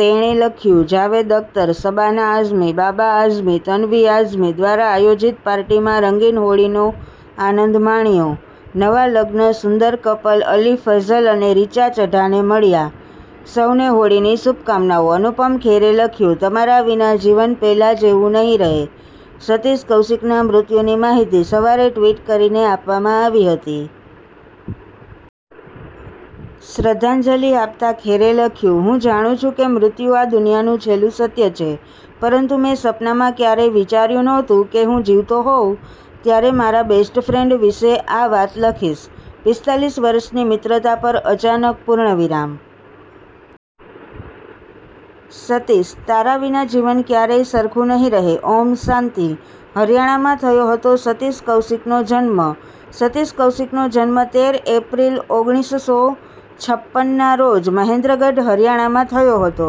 તેણે લખ્યું- 'જાવેદ અખ્તર, શબાના આઝમી, બાબા આઝમી, તન્વી આઝમી દ્વારા આયોજિત પાર્ટીમાં રંગીન હોળીનો આનંદ માણ્યો. નવા લગ્ન સુંદર કપલ અલી ફઝલ અને રિચા ચઢ્ઢાને મળ્યા. સૌને હોળીની શુભકામનાઓ. અનુપમ ખેરે લખ્યું: તમારા વિના જીવન પહેલા જેવું નહીં રહે સતીશ કૌશિકના મૃત્યુની માહિતી સવારે ટ્વીટ કરીને આપવામાં આવી હતી. શ્રદ્ધાંજલિ આપતાં ખેરે લખ્યું- 'હું જાણું છું કે મૃત્યુ આ દુનિયાનું છેલ્લું સત્ય છે, પરંતુ મેં સપનામાં ક્યારેય વિચાર્યું નહોતું કે હું જીવતો હોઉં ત્યારે મારા બેસ્ટ ફ્રેન્ડ વિશે આ વાત લખીશ. પિસ્તાલીસ વર્ષની મિત્રતા પર અચાનક પૂર્ણવિરામ. સતીશ તારા વિના જીવન ક્યારેય સરખું નહીં રહે! ઓમ શાંતિ! હરિયાણામાં થયો હતો સતીશ કૌશિકનો જન્મ સતીશ કૌશિકનો જન્મ તેર એપ્રિલ ઓગણીસસો છપ્પનના રોજ મહેન્દ્રગઢ, હરિયાણામાં થયો હતો.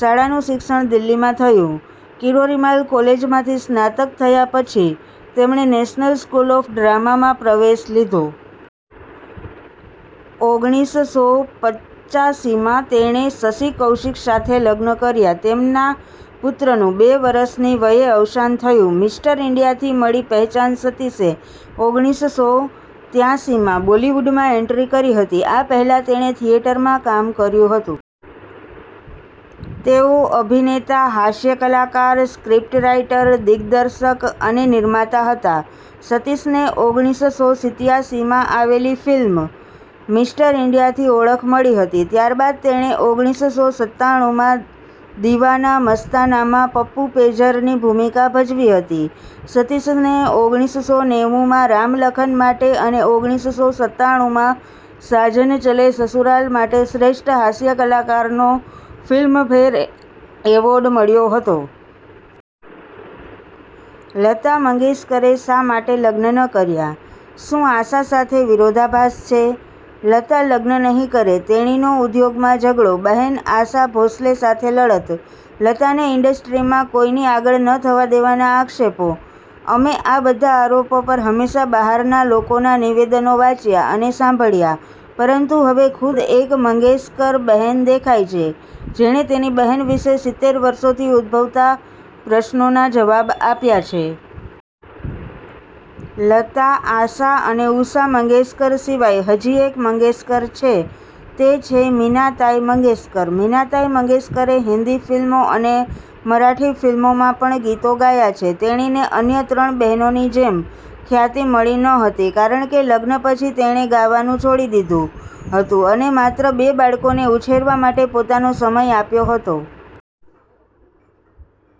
શાળાનું શિક્ષણ દિલ્હીમાં થયું. કિરોરી માલ કૉલેજમાંથી સ્નાતક થયા પછી, તેમણે નેશનલ સ્કૂલ ઑફ ડ્રામામાં પ્રવેશ લીધો. ઓગણીસસો પંચાસીમાં તેણે શશિ કૌશિક સાથે લગ્ન કર્યા. તેમના પુત્રનું બે વરસની વયે અવસાન થયું. મિસ્ટર ઈન્ડિયાથી મળી પહેચાન સતીશે ઓગણીસસો ત્યાસીમાં બોલિવૂડમાં એન્ટ્રી કરી હતી. આ પહેલા તેણે થિયેટરમાં કામ કર્યું હતું. તેઓ અભિનેતા, હાસ્ય કલાકાર, સ્ક્રિપ્ટ રાઈટર, દિગ્દર્શક અને નિર્માતા હતા. સતીશને ઓગણીસસો સિત્યાસીમાં આવેલી ફિલ્મ મિસ્ટર ઈન્ડિયાથી ઓળખ મળી હતી. ત્યારબાદ તેણે ઓગણીસસો સત્તાણુમાં દિવાના-મસ્તાનામાં પપ્પુ પેજરની ભૂમિકા ભજવી હતી. સતીશને ઓગણીસસો નેવુંમાં રામ લખન માટે અને ઓગણીસસો સત્તાણુમાં સાજન ચલે સસુરાલ માટે શ્રેષ્ઠ હાસ્ય કલાકારનો ફિલ્મફેર એવોર્ડ મળ્યો હતો. લતા મંગેશકરે શા માટે લગ્ન ન કર્યા? શું આશા સાથે વિરોધાભાસ છે? લતા લગ્ન નહીં કરે, તેણીનો ઉદ્યોગમાં ઝગડો, બહેન આશા ભોંસલે સાથે લડત, લતાને ઈન્ડસ્ટ્રીમાં કોઈની આગળ ન થવા દેવાના આક્ષેપો અમે આ બધા આરોપો પર હંમેશા બહારના લોકોના નિવેદનો વાંચ્યા અને સાંભળ્યા, પરંતુ હવે ખુદ એક મંગેશકર બહેન દેખાઇ છે, જેણે તેની બહેન વિશે સિત્તેર વર્ષોથી ઉદભવતા પ્રશ્નોના જવાબ આપ્યા છે. લતા, આશા અને ઉષા મંગેશકર સિવાય હજી એક મંગેશકર છે તે છે મીનાતાઇ મંગેશકર. મીનાતાઇ મંગેશકરે હિન્દી ફિલ્મો અને મરાઠી ફિલ્મોમાં પણ ગીતો ગાયા છે. તેણીને અન્ય ત્રણ બહેનોની જેમ ખ્યાતિ મળી ન હતી કારણ કે, લગ્ન પછી તેણે ગાવાનું છોડી દીધું હતું અને માત્ર બે બાળકોને ઉછેરવા માટે પોતાનો સમય આપ્યો હતો.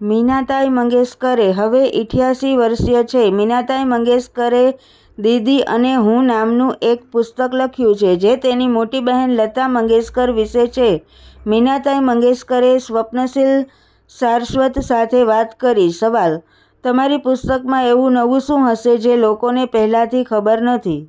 મીનાતાઈ મંગેશકરે, હવે ઈઠયાસી વર્ષીય છે, મીનાતાઈ મંગેશકરે દીદી અને હું નામનું એક પુસ્તક લખ્યું છે, જે તેની મોટી બહેન લતા મંગેશકર વિશે છે. મીનાતાઇ મંગેશકરે સ્વપ્નશીલ સાસ્વત સાથે વાત કરી. સવાલ: તમારી પુસ્તકમાં એવું નવું શું હશે જે લોકોને પહેલાથી ખબર નથી?